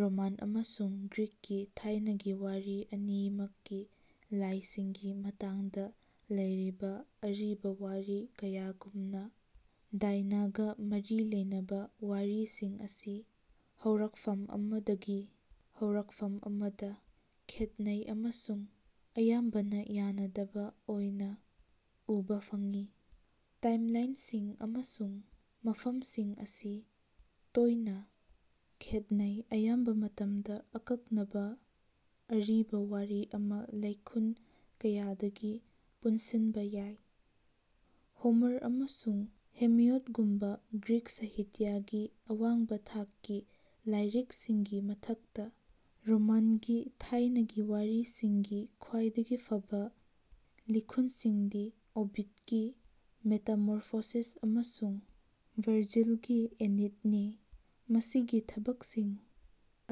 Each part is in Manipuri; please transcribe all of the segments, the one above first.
ꯔꯣꯃꯥꯟ ꯑꯃꯁꯨꯡ ꯒ꯭ꯔꯤꯛꯀꯤ ꯊꯥꯏꯅꯒꯤ ꯋꯥꯔꯤ ꯑꯅꯤꯃꯛꯀꯤ ꯂꯥꯏꯁꯤꯡꯒꯤ ꯃꯇꯥꯡꯗ ꯂꯩꯔꯤꯕ ꯑꯔꯤꯕ ꯋꯥꯔꯤ ꯀꯌꯥꯒꯨꯝꯅ, ꯗꯥꯏꯅꯥꯒ ꯃꯔꯤ ꯂꯩꯅꯕ ꯋꯥꯔꯤꯁꯤꯡ ꯑꯁꯤ ꯍꯧꯔꯛꯐꯝ ꯑꯃꯗꯒꯤ ꯍꯧꯔꯛꯐꯝ ꯑꯃꯗ ꯈꯦꯠꯅꯩ ꯑꯃꯁꯨꯡ ꯑꯌꯥꯝꯕꯅ ꯌꯥꯅꯗꯕ ꯑꯣꯏꯅ ꯎꯕ ꯐꯪꯏ꯫ ꯇꯥꯏꯝꯂꯥꯏꯟꯁꯤꯡ ꯑꯃꯁꯨꯡ ꯃꯐꯝꯁꯤꯡ ꯑꯁꯤ ꯇꯣꯏꯅ ꯈꯦꯠꯅꯩ꯫ ꯑꯌꯥꯝꯕ ꯃꯇꯝꯗ, ꯑꯀꯛꯅꯕ ꯑꯔꯤꯕ ꯋꯥꯔꯤ ꯑꯃ ꯂꯤꯈꯨꯟ ꯀꯌꯥꯗꯒꯤ ꯄꯨꯟꯁꯤꯟꯕ ꯌꯥꯏ꯫ ꯍꯣꯃꯔ ꯑꯃꯁꯨꯡ ꯍꯦꯁꯤꯑꯣꯗꯒꯨꯝꯕ ꯒ꯭ꯔꯤꯛ ꯁꯥꯍꯤꯇ꯭ꯌꯒꯤ ꯑꯋꯥꯡꯕ ꯊꯥꯛꯀꯤ ꯂꯥꯏꯔꯤꯛꯁꯤꯡꯒꯤ ꯃꯊꯛꯇ, ꯔꯣꯃꯥꯟꯒꯤ ꯊꯥꯏꯅꯒꯤ ꯋꯥꯔꯤꯁꯤꯡꯒꯤ ꯈ꯭ꯋꯥꯏꯗꯒꯤ ꯐꯕ ꯂꯤꯈꯨꯟꯁꯤꯡꯗꯤ ꯑꯣꯕꯤꯗꯀꯤ ꯃꯦꯇꯥꯃꯣꯔꯐꯣꯁꯤꯁ ꯑꯃꯁꯨꯡ ꯚꯔꯖꯤꯜꯒꯤ ꯑꯦꯅꯤꯠꯅꯤ꯫ ꯃꯁꯤꯒꯤ ꯊꯕꯛꯁꯤꯡ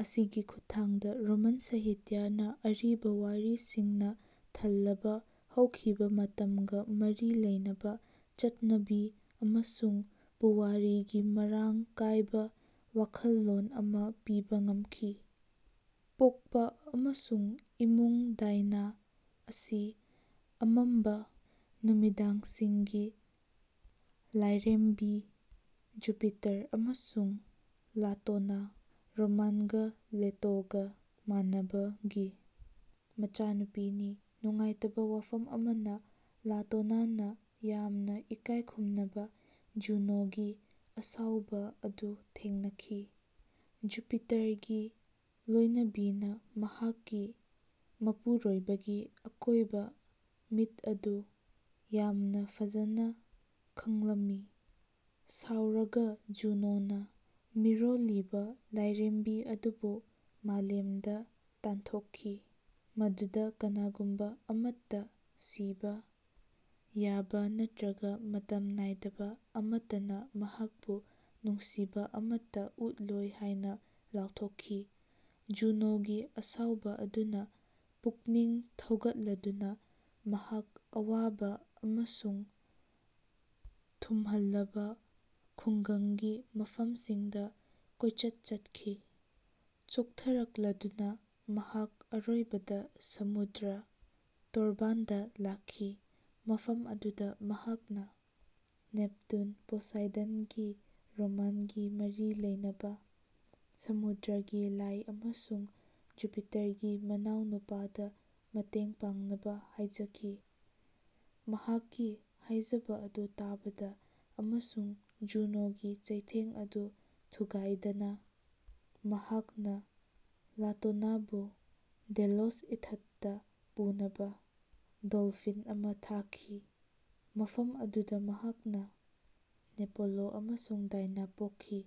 ꯑꯁꯤꯒꯤ ꯈꯨꯠꯊꯥꯡꯗ, ꯔꯣꯃꯥꯟ ꯁꯥꯍꯤꯇ꯭ꯌꯥꯅ ꯑꯔꯤꯕ ꯋꯥꯔꯤꯁꯤꯡꯅ ꯊꯜꯂꯕ ꯍꯧꯈꯤꯕ ꯃꯇꯝꯒ ꯃꯔꯤ ꯂꯩꯅꯕ ꯆꯠꯅꯕꯤ ꯑꯃꯁꯨꯡ ꯄꯨꯋꯥꯔꯤꯒꯤ ꯃꯔꯥꯡ ꯀꯥꯏꯕ ꯋꯥꯈꯜꯂꯣꯟ ꯑꯃ ꯄꯤꯕ ꯉꯝꯈꯤ꯫ꯄꯣꯛꯄ ꯑꯃꯁꯨꯡ ꯏꯃꯨꯡ ꯗꯥꯏꯅꯥ ꯑꯁꯤ ꯑꯃꯝꯕ ꯅꯨꯃꯤꯗꯥꯡꯁꯤꯡꯒꯤ ꯂꯥꯏꯔꯦꯝꯕꯤ ꯖꯨꯄꯤꯇꯔ ꯑꯃꯁꯨꯡ ꯂꯥꯇꯣꯅꯥ (ꯔꯣꯃꯥꯟꯒ ꯂꯦꯇꯣꯒ ꯃꯥꯟꯅꯕ)ꯒꯤ ꯃꯆꯥꯅꯨꯄꯤꯅꯤ꯫ ꯅꯨꯡꯉꯥꯏꯇꯕ ꯋꯥꯐꯝ ꯑꯃꯅ, ꯂꯥꯇꯣꯅꯥꯅ ꯌꯥꯝꯅ ꯏꯀꯥꯏ ꯈꯨꯝꯅꯕ ꯖꯨꯅꯣꯒꯤ ꯑꯁꯥꯎꯕ ꯑꯗꯨ ꯊꯦꯡꯅꯈꯤ꯫ ꯖꯨꯄꯤꯇꯔꯒꯤ ꯂꯣꯏꯅꯕꯤꯅ ꯃꯍꯥꯛꯀꯤ ꯃꯄꯨꯔꯣꯏꯕꯒꯤ ꯑꯀꯣꯏꯕ ꯃꯤꯠ ꯑꯗꯨ ꯌꯥꯝꯅ ꯐꯖꯅ ꯈꯪꯂꯝꯃꯤ꯫ ꯁꯥꯎꯔꯒ ꯖꯨꯅꯣꯅ ꯃꯤꯔꯣꯜꯂꯤꯕꯤ ꯂꯥꯏꯔꯦꯝꯕꯤ ꯑꯗꯨꯕꯨ ꯃꯥꯂꯦꯝꯗ ꯇꯥꯟꯊꯣꯛꯈꯤ, ꯃꯗꯨꯗ ꯀꯅꯥꯒꯨꯝꯕ ꯑꯃꯠꯇ, ꯁꯤꯕ ꯌꯥꯕ ꯅꯠꯇ꯭ꯔꯒ ꯃꯇꯝ ꯅꯥꯏꯗꯕ ꯑꯃꯠꯇꯅ ꯃꯍꯥꯛꯄꯨ ꯅꯨꯡꯁꯤꯕ ꯑꯃꯠꯇ ꯎꯠꯂꯣꯏ ꯍꯥꯏꯅ ꯂꯥꯎꯊꯣꯛꯈꯤ꯫ ꯖꯨꯅꯣꯒꯤ ꯑꯁꯥꯎꯕ ꯑꯗꯨꯅ ꯄꯨꯛꯅꯤꯡ ꯊꯧꯒꯠꯂꯗꯨꯅ, ꯃꯍꯥꯛ ꯑꯋꯥꯕ ꯑꯃꯁꯨꯡ ꯊꯨꯝꯍꯜꯂꯕ ꯈꯨꯡꯒꯪꯒꯤ ꯃꯐꯝꯁꯤꯡꯗ ꯀꯣꯏꯆꯠ ꯆꯠꯈꯤ꯫ ꯆꯣꯛꯊꯔꯛꯂꯗꯨꯅ, ꯃꯍꯥꯛ ꯑꯔꯣꯏꯕꯗ ꯁꯃꯨꯗ꯭ꯔ ꯇꯣꯔꯕꯥꯟꯗ ꯂꯥꯛꯈꯤ ꯃꯐꯝ ꯑꯗꯨꯗ ꯃꯍꯥꯛꯅ ꯅꯦꯞꯇꯨꯟ (ꯄꯣꯁꯥꯏꯗꯟꯒꯤ ꯔꯣꯃꯥꯟꯒꯤ ꯃꯔꯤ ꯂꯩꯅꯕ), ꯁꯃꯨꯗ꯭ꯔꯒꯤ ꯂꯥꯏ ꯑꯃꯁꯨꯡ ꯖꯨꯄꯤꯇꯔꯒꯤ ꯃꯅꯥꯎꯅꯨꯄꯥꯗꯥ ꯃꯇꯦꯡ ꯄꯥꯡꯅꯕ ꯍꯥꯏꯖꯈꯤ꯫ ꯃꯍꯥꯛꯀꯤ ꯍꯥꯏꯖꯕ ꯑꯗꯨ ꯇꯥꯕꯗ ꯑꯃꯁꯨꯡ ꯖꯨꯅꯣꯒꯤ ꯆꯩꯊꯦꯡ ꯑꯗꯨ ꯊꯨꯒꯥꯏꯗꯅ, ꯃꯍꯥꯛꯅ ꯂꯥꯇꯣꯅꯥꯕꯨ ꯗꯦꯂꯣꯁ ꯏꯊꯠꯇ ꯄꯨꯅꯕ ꯗꯣꯜꯐꯤꯟ ꯑꯃ ꯊꯥꯈꯤ ꯃꯐꯝ ꯑꯗꯨꯗ ꯃꯍꯥꯛꯅ ꯑꯦꯄꯣꯂꯣ ꯑꯃꯁꯨꯡ ꯗꯥꯏꯅꯥ ꯄꯣꯛꯈꯤ꯫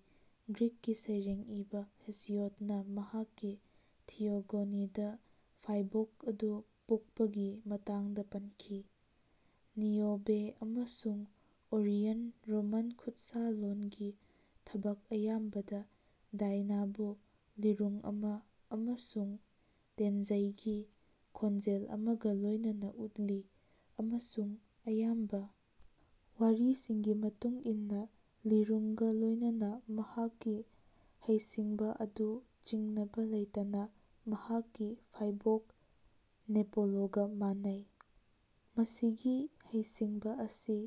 ꯒ꯭ꯔꯤꯛꯀꯤ ꯁꯩꯔꯦꯡ ꯏꯕ ꯍꯦꯁꯤꯌꯣꯗꯅ ꯃꯍꯥꯛꯀꯤ ꯊꯤꯌꯣꯒꯣꯅꯤꯗ ꯐꯥꯏꯕꯣꯛ ꯑꯗꯨ ꯄꯣꯛꯄꯒꯤ ꯃꯇꯥꯡꯗ ꯄꯟꯈꯤ: ꯅꯤꯑꯣꯕꯦ ꯑꯃꯁꯨꯡ ꯑꯣꯔꯤꯌꯟ ꯔꯣꯃꯥꯟ ꯈꯨꯠꯁꯥꯂꯣꯟꯒꯤ ꯊꯕꯛ ꯑꯌꯥꯝꯕꯗ, ꯗꯥꯏꯅꯥꯕꯨ ꯂꯤꯔꯨꯡ ꯑꯃ ꯑꯃꯁꯨꯡ ꯇꯦꯟꯖꯩꯒꯤ ꯈꯣꯡꯖꯦꯜ ꯑꯃꯒ ꯂꯣꯏꯅꯅ ꯎꯠꯂꯤ, ꯑꯃꯁꯨꯡ ꯑꯌꯥꯝꯕ ꯋꯥꯔꯤꯁꯤꯡꯒꯤ ꯃꯇꯨꯡ ꯏꯟꯅ, ꯂꯤꯔꯨꯡꯒ ꯂꯣꯏꯅꯅ ꯃꯍꯥꯛꯀꯤ ꯍꯩꯁꯤꯡꯕ ꯑꯗꯨ ꯆꯤꯡꯅꯕ ꯂꯩꯇꯅ ꯃꯍꯥꯛꯀꯤ ꯐꯥꯏꯕꯣꯛ ꯑꯦꯄꯣꯂꯣꯒ ꯃꯥꯟꯅꯩ꯫ ꯃꯁꯤꯒꯤ ꯍꯩꯁꯤꯡꯕ ꯑꯁꯤ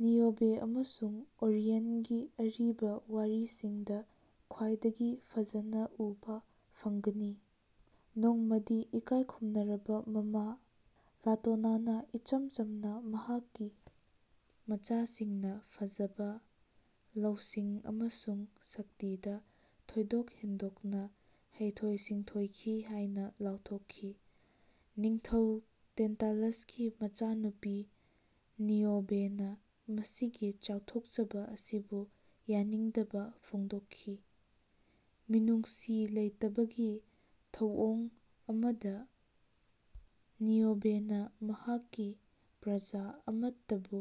ꯅꯤꯑꯣꯕꯦ ꯑꯃꯁꯨꯡ ꯑꯣꯔꯤꯌꯟꯒꯤ ꯑꯔꯤꯕ ꯋꯥꯔꯤꯁꯤꯡꯗ ꯈ꯭ꯋꯥꯏꯗꯒꯤ ꯐꯖꯅ ꯎꯕ ꯐꯪꯒꯅꯤ꯫ ꯅꯣꯡꯃꯗꯤ ꯏꯀꯥꯏ ꯈꯨꯝꯅꯔꯕ ꯃꯃꯥ ꯂꯥꯇꯣꯅꯥꯅ ꯏꯆꯝ-ꯆꯝꯅ ꯃꯍꯥꯛꯀꯤ ꯃꯆꯥꯁꯤꯡꯅ ꯐꯖꯕ, ꯂꯧꯁꯤꯡ ꯑꯃꯁꯨꯡ ꯁꯛꯇꯤꯗ ꯊꯣꯏꯗꯣꯛ ꯍꯦꯟꯗꯣꯛꯅ ꯍꯩꯊꯣꯏ-ꯁꯤꯡꯊꯣꯏꯈꯤ ꯍꯥꯏꯅ ꯂꯥꯎꯊꯣꯛꯈꯤ꯫ ꯅꯤꯡꯊꯧ ꯇꯦꯟꯇꯥꯂꯁꯀꯤ ꯃꯆꯥꯅꯨꯄꯤ ꯅꯤꯑꯣꯕꯦꯅ ꯃꯁꯤꯒꯤ ꯆꯥꯎꯊꯣꯛꯆꯕ ꯑꯁꯤꯕꯨ ꯌꯥꯅꯤꯡꯗꯕ ꯐꯣꯡꯗꯣꯛꯈꯤ꯫ ꯃꯤꯅꯨꯡꯁꯤ ꯂꯩꯇꯕꯒꯤ ꯊꯧꯑꯣꯡ ꯑꯃꯗ, ꯅꯤꯑꯣꯕꯦꯅ ꯃꯍꯥꯛꯀꯤ ꯄ꯭ꯔꯖꯥ ꯑꯃꯠꯇꯕꯨ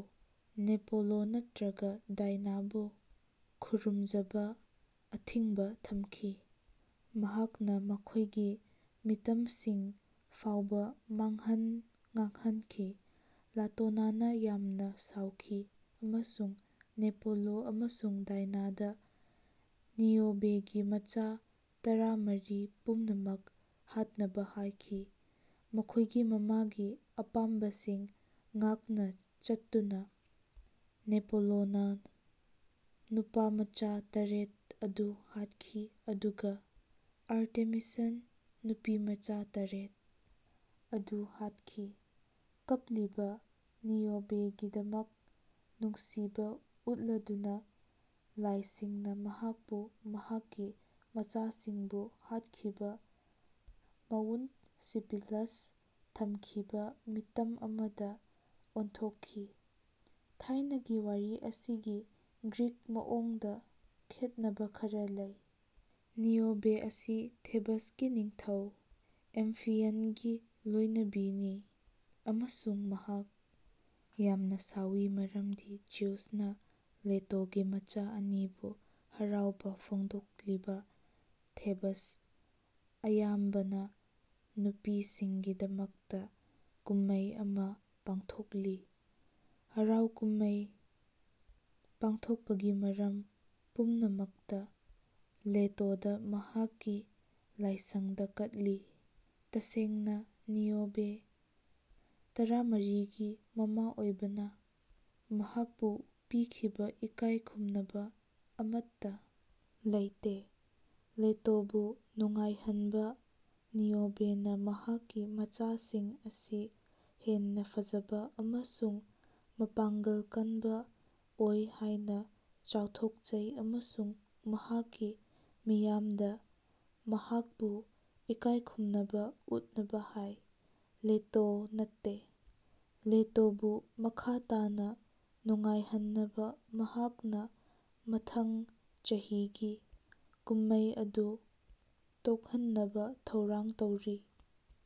ꯑꯦꯄꯣꯂꯣ ꯅꯠꯇ꯭ꯔꯒ ꯗꯥꯏꯅꯥꯕꯨ ꯈꯨꯔꯨꯝꯖꯕ ꯑꯊꯤꯡꯕ ꯊꯝꯈꯤ꯫ ꯃꯍꯥꯛꯅ ꯃꯈꯣꯏꯒꯤ ꯃꯤꯇꯝꯁꯤꯡ ꯐꯥꯎꯕ ꯃꯥꯡꯍꯟ ꯇꯥꯛꯍꯟꯈꯤ꯫ ꯂꯥꯇꯣꯅꯥꯅ ꯌꯥꯝꯅ ꯁꯥꯎꯈꯤ ꯑꯃꯁꯨꯡ ꯑꯦꯄꯣꯂꯣ ꯑꯃꯁꯨꯡ ꯗꯥꯏꯅꯥꯗ ꯅꯤꯑꯣꯕꯦꯒꯤ ꯃꯆꯥ ꯇꯔꯥꯃꯔꯤ ꯄꯨꯝꯅꯃꯛ ꯍꯥꯠꯅꯕ ꯍꯥꯏꯈꯤ꯫ ꯃꯈꯣꯏꯒꯤ ꯃꯃꯥꯒꯤ ꯑꯄꯥꯝꯕꯁꯤꯡ ꯉꯥꯛꯅ ꯆꯠꯇꯨꯅ ꯑꯦꯄꯣꯂꯣꯅ ꯅꯨꯄꯥꯃꯆꯥ ꯇꯔꯦꯠ ꯑꯗꯨ ꯍꯥꯠꯈꯤ ꯑꯗꯨꯒ ꯑꯥꯔꯇꯦꯃꯤꯁꯟ ꯅꯨꯄꯤꯃꯆꯥ ꯇꯔꯦꯠ ꯑꯗꯨ ꯍꯥꯠꯈꯤ꯫ ꯀꯞꯂꯤꯕꯥ ꯅꯤꯑꯣꯕꯦꯒꯤꯗꯃꯛ ꯅꯨꯡꯁꯤꯕ ꯎꯠꯂꯗꯨꯅ, ꯂꯥꯏꯁꯤꯡꯅ ꯃꯍꯥꯛꯄꯨ ꯃꯍꯥꯛꯀꯤ ꯃꯆꯥꯁꯤꯡꯕꯨ ꯍꯥꯠꯈꯤꯕ ꯃꯥꯎꯟꯠ ꯁꯤꯄꯤꯂꯁꯇ ꯊꯝꯈꯤꯕ ꯃꯤꯇꯝ ꯑꯃꯗ ꯑꯣꯟꯊꯣꯛꯈꯤ꯫ ꯊꯥꯏꯅꯒꯤ ꯋꯥꯔꯤ ꯑꯁꯤꯒꯤ ꯒ꯭ꯔꯤꯛ ꯃꯑꯣꯡꯗ, ꯈꯦꯠꯅꯕ ꯈꯔ ꯂꯩ꯫ ꯅꯤꯑꯣꯕꯦ ꯑꯁꯤ ꯊꯦꯕꯁꯀꯤ ꯅꯤꯡꯊꯧ, ꯑꯦꯝꯐꯤꯌꯟꯒꯤ ꯂꯣꯏꯅꯕꯤꯅꯤ, ꯑꯃꯁꯨꯡ ꯃꯍꯥꯛ ꯌꯥꯝꯅ ꯁꯥꯎꯋꯤ ꯃꯔꯝꯗꯤ ꯖꯤꯎꯁꯅ ꯂꯦꯇꯣꯒꯤ ꯃꯆꯥ ꯑꯅꯤꯕꯨ ꯍꯔꯥꯎꯕ ꯐꯣꯡꯗꯣꯛꯂꯤꯕ ꯊꯦꯕꯁꯇ ꯑꯌꯥꯝꯕꯅ ꯅꯨꯄꯤꯁꯤꯡꯒꯤꯗꯃꯛꯇ ꯀꯨꯝꯍꯩ ꯑꯃ ꯄꯥꯡꯊꯣꯛꯂꯤ꯫ ꯍꯔꯥꯎ-ꯀꯨꯝꯍꯩ ꯄꯥꯡꯊꯣꯛꯄꯒꯤ ꯃꯇꯝ ꯄꯨꯝꯅꯃꯛꯇ, ꯂꯦꯇꯣꯗ ꯃꯍꯥꯛꯀꯤ ꯂꯥꯏꯁꯪꯗ ꯀꯠꯂꯤ꯫ ꯇꯁꯦꯡꯅ, ꯅꯤꯑꯣꯕꯦ, ꯇꯔꯥꯃꯔꯤꯒꯤ ꯃꯃꯥ ꯑꯣꯏꯕꯅ, ꯃꯍꯥꯛꯄꯨ ꯄꯤꯈꯤꯕ ꯏꯀꯥꯏ ꯈꯨꯝꯅꯕ ꯑꯃꯠꯇ ꯂꯩꯇꯦ꯫ ꯂꯦꯇꯣꯕꯨ ꯅꯨꯡꯉꯥꯏꯍꯟꯅꯕ, ꯅꯤꯑꯣꯕꯦꯅ ꯃꯍꯥꯛꯀꯤ ꯃꯆꯥꯁꯤꯡ ꯑꯁꯤ ꯍꯦꯟꯅ ꯐꯖꯕ ꯑꯃꯁꯨꯡ ꯃꯄꯥꯡꯒꯜ ꯀꯟꯕ ꯑꯣꯏ ꯍꯥꯏꯅ ꯆꯥꯎꯊꯣꯛꯆꯩ ꯑꯃꯁꯨꯡ ꯃꯍꯥꯛꯀꯤ ꯃꯤꯌꯥꯝꯗ ꯃꯍꯥꯛꯄꯨ ꯏꯀꯥꯏ ꯈꯨꯝꯅꯕ ꯎꯠꯅꯕ ꯍꯥꯏ, ꯂꯦꯇꯣ ꯅꯠꯇꯦ꯫ ꯂꯦꯇꯣꯕꯨ ꯃꯈꯥ ꯇꯥꯅ ꯅꯨꯡꯉꯥꯏꯍꯟꯅꯕ ꯃꯍꯥꯛꯅ ꯃꯊꯪ ꯆꯍꯤꯒꯤ ꯀꯨꯝꯍꯩ ꯑꯗꯨ ꯇꯣꯛꯍꯟꯅꯕ ꯊꯧꯔꯥꯡ ꯇꯧꯔꯤ꯫